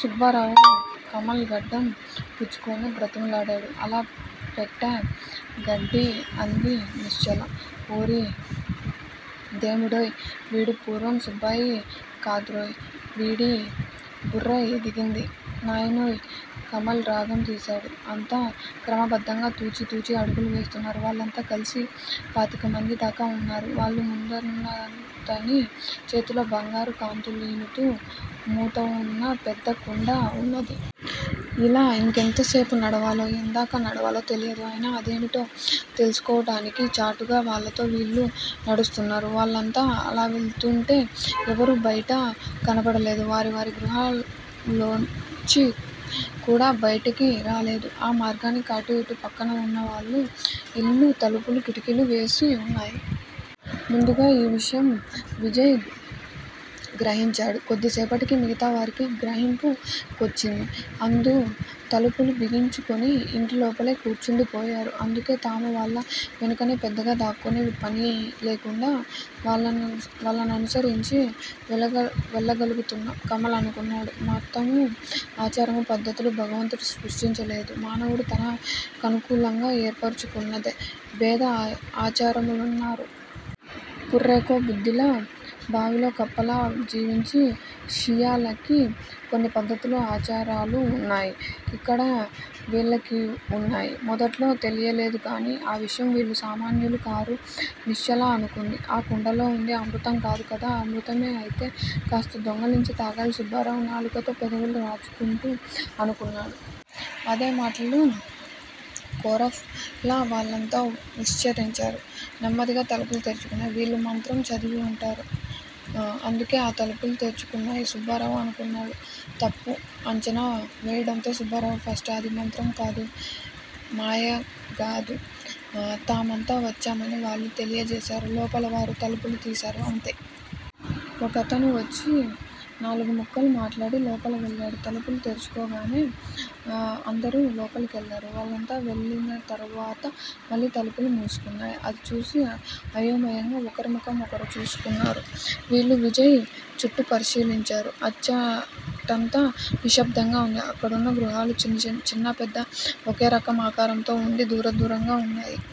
సుబ్బారావు కమల్ గడ్డం పుచ్చుకొని బతిమలడాడు. అల పెట్టా గడ్డి అంది నిశ్చల. ఓరిదేముడోయ్, వీడు పూర్వం సుబ్బాయి కాదురోయ్, వీడి బుర్ర ఎదిగింది నాయినోయ్ కమల్ రాగం తీశాడు. అంతా క్రమబద్దంగా తూచి తూచి అడుగులు వేస్తున్నారు. వాళ్ళంతా కల్సి పాతికమందిదాకా ఉన్నారు. వాళ్ళూ ముందరున్నదాన్ని చేతిలో బంగారు కాంతులీనుతూ మూతవున్న పెద్ద కుండ ఉన్నది. ఇలా ఇంకెంతసేపు నడవాలో ఎందాకా నడవాలో తెలియదు. అయినా అదేమిటో తెలుసుకోటానికి చాటుగా వాళ్ళతో వీళ్ళూ నడుస్తున్నారు. వాళ్ళంతా అలావెళ్తుంటే ఎవరూ బైట కనబడలేదు. వారి వారి గృహాలలోంచికూడా బైటికి రాలేదు. ఆ మార్గానికి అటూ ఇటూ పక్కనవున్న ఇళ్ళు తలుపులు కిటికీలు వేసి వున్నాయి. ముందుగా ఈ విషయం విజయ్ గ్రహించాడు. కొద్దిసేపటికి మిగతావారికి గ్రహింపు కొచ్చింది అందూ తలుపులు బిగించుకుని ఇంటిలోపలే కూర్చుండిపోయారు. అందుకే తాము వాళ్ళ వెనుకనే పెద్దగా దాక్కోనే పనిలేకుండా వాళ్ళనువాళ్ళననుసరించి వెళ్ళవెళ్ళగలుగుతున్న కమల్ అనుకున్నాడు. మతము, ఆచారము పద్దతులు భగవంతుడు సృష్టించలేదు. మానవుడు తన కనుకూలంగా ఏర్పరుచుకున్నదే భేద ఆఆచారాములన్నారు. పుర్రెకో బుద్ది లా, బావిలో కప్పల్లా జీవించే షియ్యాలకి కొన్ని పద్దతులు ఆచారాలు వున్నాయి. ఇక్కడ వీళ్ళకివున్నాయి. మొదట్లో తెలియలేదుకాని ఆ విషయంలో వీళ్ళూ సామాన్యులు కారు నిశ్చల అనుకుంది. ఆ కుండలో ఉంది అమృతం కాదు కదా! అమృతమే అయితే కాస్త దొంగలించి తాగాలి సుబ్బారావు నాలుకతో పెదవులు రాచుకుంటూ అనుకున్నాడు. అదే మాటలు కోరఫ్ లా వాళ్ళంతా వుశ్చరించారు. నెమ్మదిగా తలుపులు తెరుచుకున్నాయి. వీళ్ళు మంత్రం చదివి వుంటారు. ఆఅందుకే ఆ తలుపులు తెరుచుకున్నాయి సుబ్బారావు అనుకున్నాడు. తప్పు అంచనా వేయటంలో సుబ్బారావు ఫస్ట్. అది మంత్రము కాదు మాయగాదు. తామంతావచ్చామని వాళ్ళు తెలియ జేశారు. లోపలి వారు తలుపు తీశారు అంతే. ఒకతను వచ్చి నాలుగుముక్కలు మాట్లాడి లోపలి వెళ్ళాడు. తలుపులు తెరుచుకొంగానే ఆఅందరూ లోపలికెళ్ళారు. వాళ్ళంతా వెళ్ళినతరువాత మళ్ళీతలుపులు మూసుకున్నాయి. అది చూసి అయోమయంగా ఒకరిముఖం ఒకరు చూసుకున్నారు వీళ్ళు. విజయ్ చుట్టూపరిశీలించాడు, అచ్చటంతా నిశ్శబ్దంగా వుంది. అక్కడవున్న గృహాలు చిన్నా పెద్దా ఒకేరకం ఆకారంతో వుండి దూరదూరంగా వున్నాయి.